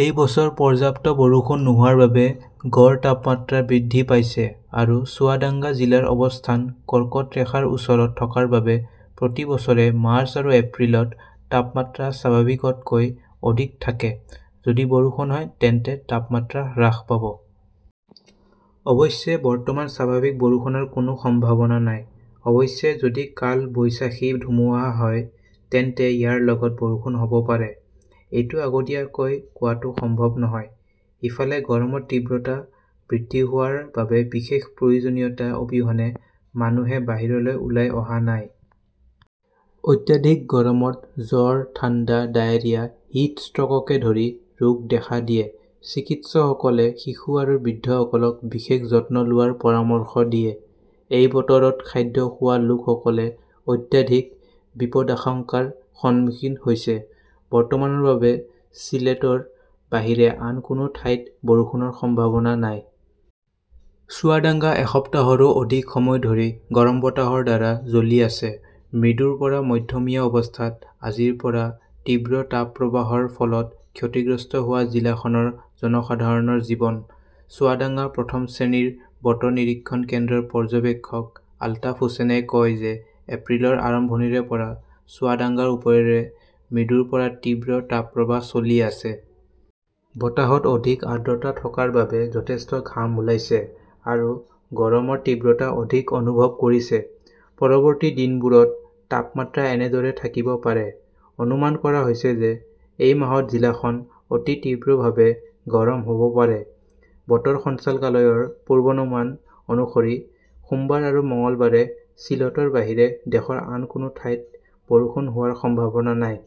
এই বছৰ পৰ্যাপ্ত বৰষুণ নোহোৱাৰ বাবে গড় তাপমাত্ৰা বৃদ্ধি পাইছে। আৰু চুৱাডাঙ্গা জিলাৰ অৱস্থান কৰ্কট ৰেখাৰ ওচৰত থকাৰ বাবে প্ৰতি বছৰে মাৰ্চ আৰু এপ্ৰিলত তাপমাত্ৰা স্বাভাৱিকতকৈ অধিক থাকে। যদি বৰষুণ হয় তেন্তে তাপমাত্ৰা হ্ৰাস হ'ব। অৱশ্যে, বৰ্তমান স্বাভাৱিক বৰষুণৰ কোনো সম্ভাৱনা নাই। অৱশ্যে, যদি কালবৈশাখী ধুমুহা হয়, তেন্তে ইয়াৰ লগত বৰষুণ হ'ব পাৰে। এইটো আগতীয়াকৈ কোৱাটো সম্ভৱ নহয়। ইফালে, গৰমৰ তীব্ৰতা বৃদ্ধি হোৱাৰ বাবে বিশেষ প্ৰয়োজনীয়তা অবিহনে মানুহে বাহিৰলৈ ওলাই অহা নাই। অত্যাধিক গৰমত জ্বৰ, ঠাণ্ডা, ডায়েৰিয়া, হিট ষ্ট্ৰ'ককে ধৰি ৰোগ দেখা দিয়ে। চিকিৎসকসকলে শিশু আৰু বৃদ্ধসকলক বিশেষ যত্ন লোৱাৰ পৰামৰ্শ দিয়ে। এই বতৰত খাদ্য খোৱা লোকসকলে অত্যাধিক বিপদাশঙ্কাৰ সন্মুখীন হৈছে। বৰ্তমানৰ বাবে ছিলেটৰ বাহিৰে আন কোনো ঠাইত বৰষুণৰ সম্ভাৱনা নাই। চুৱাডাঙ্গা এসপ্তাহৰো অধিক সময় ধৰি গৰম বতাহৰ দ্বাৰা জ্বলি আছে। মৃদুৰ পৰা মধ্যমীয়া অৱস্থাত আজিৰ পৰা তীব্ৰ তাপপ্ৰৱাহৰ ফলত ক্ষতিগ্ৰস্ত হোৱা জিলাখনৰ জনসাধাৰণৰ জীৱন। চুৱাডাঙ্গা প্ৰথম শ্ৰেণীৰ বতৰ নিৰীক্ষণ কেন্দ্ৰৰ পৰ্যবেক্ষক আলতাফ হুচেইনে কয় যে এপ্ৰিলৰ আৰম্ভণিৰে পৰা চুৱাডাঙ্গাৰ ওপৰেৰে মৃদুৰ পৰা তীব্ৰ তাপপ্ৰৱাহ চলি আছে। বতাহত অধিক আৰ্দ্ৰতা থকাৰ বাবে যথেষ্ট ঘাম ওলাইছে আৰু গৰমৰ তীব্ৰতা অধিক অনুভৱ কৰিছে। পৰৱৰ্তী দিনবোৰত তাপমাত্ৰা এনেদৰেই থাকিব পাৰে। অনুমান কৰা হৈছে যে, এই মাহত জিলাখন অতি তীব্ৰভাৱে গৰম হ'ব পাৰে। বতৰ সঞ্চালকালয়ৰ পূৰ্বানুমান অনুসৰি সোমবাৰ আৰু মঙলবাৰে সিলহটৰ বাহিৰে দেশৰ আন কোনো ঠাইত বৰষুণ হোৱাৰ সম্ভাৱনা নাই।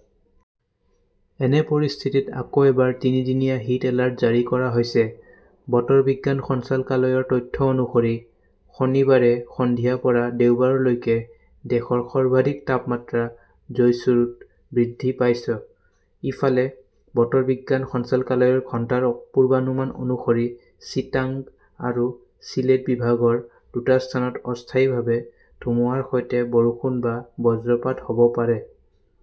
এনে পৰিস্থিতিত আকৌ এবাৰ তিনিদিনীয়া "হিট এলাৰ্ট" জাৰি কৰা হৈছে। বতৰ বিজ্ঞান সঞ্চালকালয়ৰ তথ্য অনুসৰি, শনিবাৰে সন্ধিয়া পৰা দেওবাৰলৈকে দেশৰ সৰ্বাধিক তাপমাত্ৰা জয়ছোৰত বৃদ্ধি পাইছ। ইফালে, বতৰ বিজ্ঞান সঞ্চালকালয়ৰ ঘণ্টাৰ পূৰ্বানুমান অনুসৰি চিটাগং আৰু চিলেট বিভাগৰ দুটা স্থানত অস্থায়ীভাৱে ধুমুহাৰ সৈতে বৰষুণ বা বজ্ৰপাত হ 'ব পাৰে।